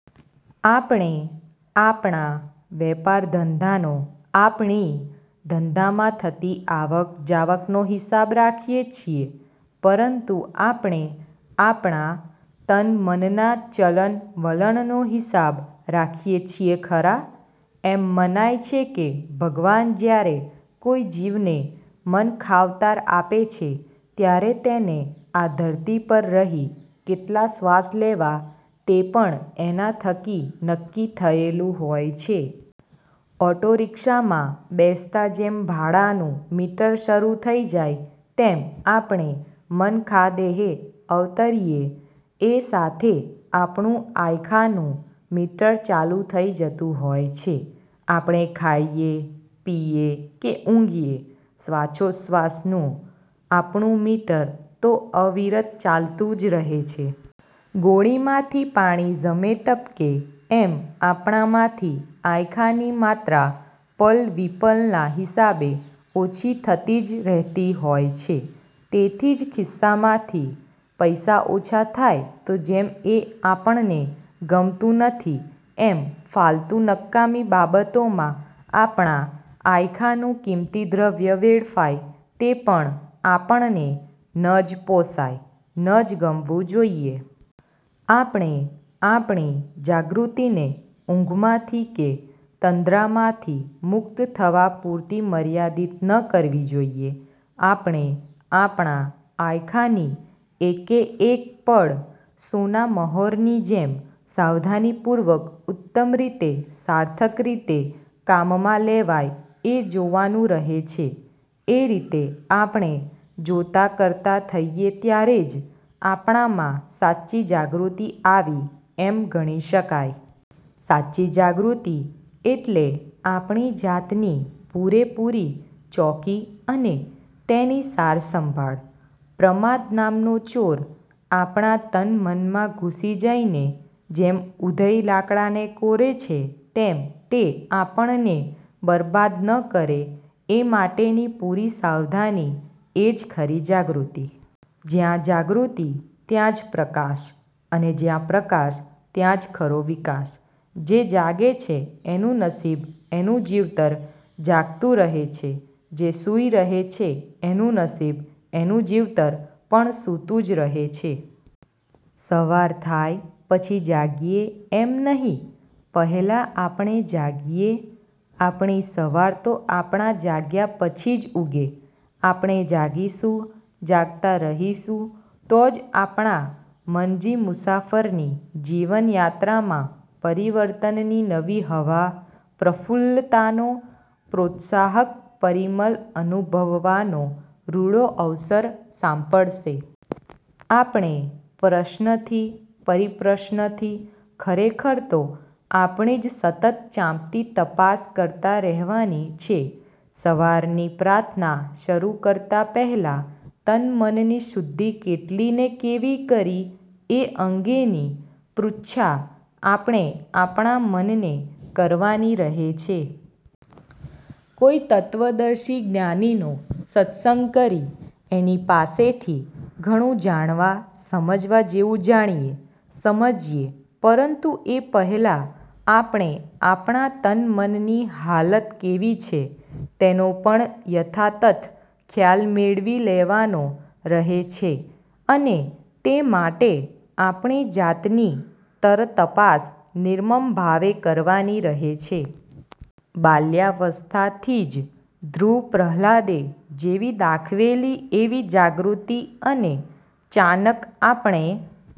આપણે આપણા વેપારધંધાનો – આપણી ધંધામાં થતી આવક-જાવકનો હિસાબ રાખીએ છીએ પરંતુ આપણે આપણા તન-મનના ચલણ-વલણનો હિસાબ રાખીએ છીએ ખરા? એમ મનાય છે કે ભગવાન જ્યારે કોઈ જીવને મનખાવતાર આપે છે ત્યારે તેને આ ધરતી પર રહી કેટલા શ્વાસ લેવા તે પણ એના થકી નક્કી થયેલું હોય છે! ઑટોરિક્ષામાં બેસતાં જેમ ભાડાનું મીટર શરૂ થઈ જાય તેમ આપણે મનખાદેહે અવતરીએ એ સાથે આપણું આયખાનું મીટર ચાલુ થઈ જતું હોય છે. આપણે ખાઈએ, પીએ કે ઊંઘીએ; શ્વાસોચ્છ્વાસનું આપણું મીટર તો અવિરત ચાલતું જ રહે છે. ગોળીમાંથી પાણી ઝમે-ટપકે એમ આપણામાંથી આયખાની માત્રા પલ-વિપલના હિસાબે ઓછી થતી જ રહેતી હોય છે. તેથી જ ખિસ્સામાંથી પૈસા ઓછા થાય તો જેમ એ આપણને ગમતું નથી એમ ફાલતુ – નકામી બાબતોમાં આપણા આયખાનું કિંમતી દ્રવ્ય વેડફાય તે પણ આપણને ન જ પોષાય – ન જ ગમવું જોઈએ. આપણે આપણી જાગૃતિને ઊંઘમાંથી કે તંદ્રામાંથી મુક્ત થવા પૂરતી મર્યાદિત ન કરવી જોઈએ. આપણે આપણા આયખાની એકેએક પળ સોનામહોરની જેમ સાવધાનીપૂર્વક ઉત્તમ રીતે – સાર્થક રીતે કામમાં લેવાય એ જોવાનું રહે છે. એ રીતે આપણે જોતા-કરતા થઈએ ત્યારે જ આપણામાં સાચી જાગૃતિ આવી એમ ગણી શકાય. સાચી જાગૃતિ એટલે આપણી જાતની પૂરેપૂરી ચોકી અને તેની સારસંભાળ. પ્રમાદ નામનો ચોર આપણા તન-મનમાં ઘૂસી જઈને, જેમ ઊધઈ લાકડાને કોરે છે તેમ તે આપણને બરબાદ ન કરે એ માટેની પૂરી સાવધાની એ જ ખરી જાગૃતિ. જ્યાં જાગૃતિ ત્યાં જ પ્રકાશ અને જ્યાં પ્રકાશ ત્યાં જ ખરો વિકાસ. જે જાગે છે એનું નસીબ – એનું જીવતર જાગતું રહે છે; જે સૂઈ રહે છે એનું નસીબ – એનું જીવતર પણ સૂતું જ રહે છે. સવાર થાય પછી જાગીએ એમ નહીં; પહેલાં આપણે જાગીએ, આપણી સવાર તો આપણા જાગ્યા પછી જ ઊગે. આપણે જાગીશું – જાગતા રહીશું તો જ આપણા મનજી મુસાફરની જીવનયાત્રામાં પરિવર્તનની નવી હવા, પ્રફુલ્લતાનો પ્રોત્સાહક પરિમલ અનુભવવાનો રૂડો અવસર સાંપડશે. આપણે પ્રશ્નથી – પરિપ્રશ્નથી ખરેખર તો આપણી જ સતત ચાંપતી તપાસ કરતા રહેવાની છે. સવારની પ્રાર્થના શરૂ કરતાં પહેલાં તનમનની શુદ્ધિ કેટલી ને કેવી કરી એ અંગેની પૃચ્છા આપણે આપણા મનને કરવાની રહે છે. કોઈ તત્ત્વદર્શી જ્ઞાનીનો સત્સંગ કરી એની પાસેથી ઘણું જાણવા – સમજવા જેવું જાણીએ – સમજીએ; પરંતુ એ પહેલાં આપણે આપણા તન-મનની હાલત કેવી છે તેનો પણ યથાતથ ખ્યાલ મેળવી લેવાનો રહે છે અને તે માટે આપણી જાતની તરતપાસ નિર્મમભાવે કરવાની રહે છે. બાલ્યાવસ્થાથી જ ધ્રુવ-પ્રહ્લાદે જેવી દાખવેલી એવી જાગૃતિ અને ચાનક આપણે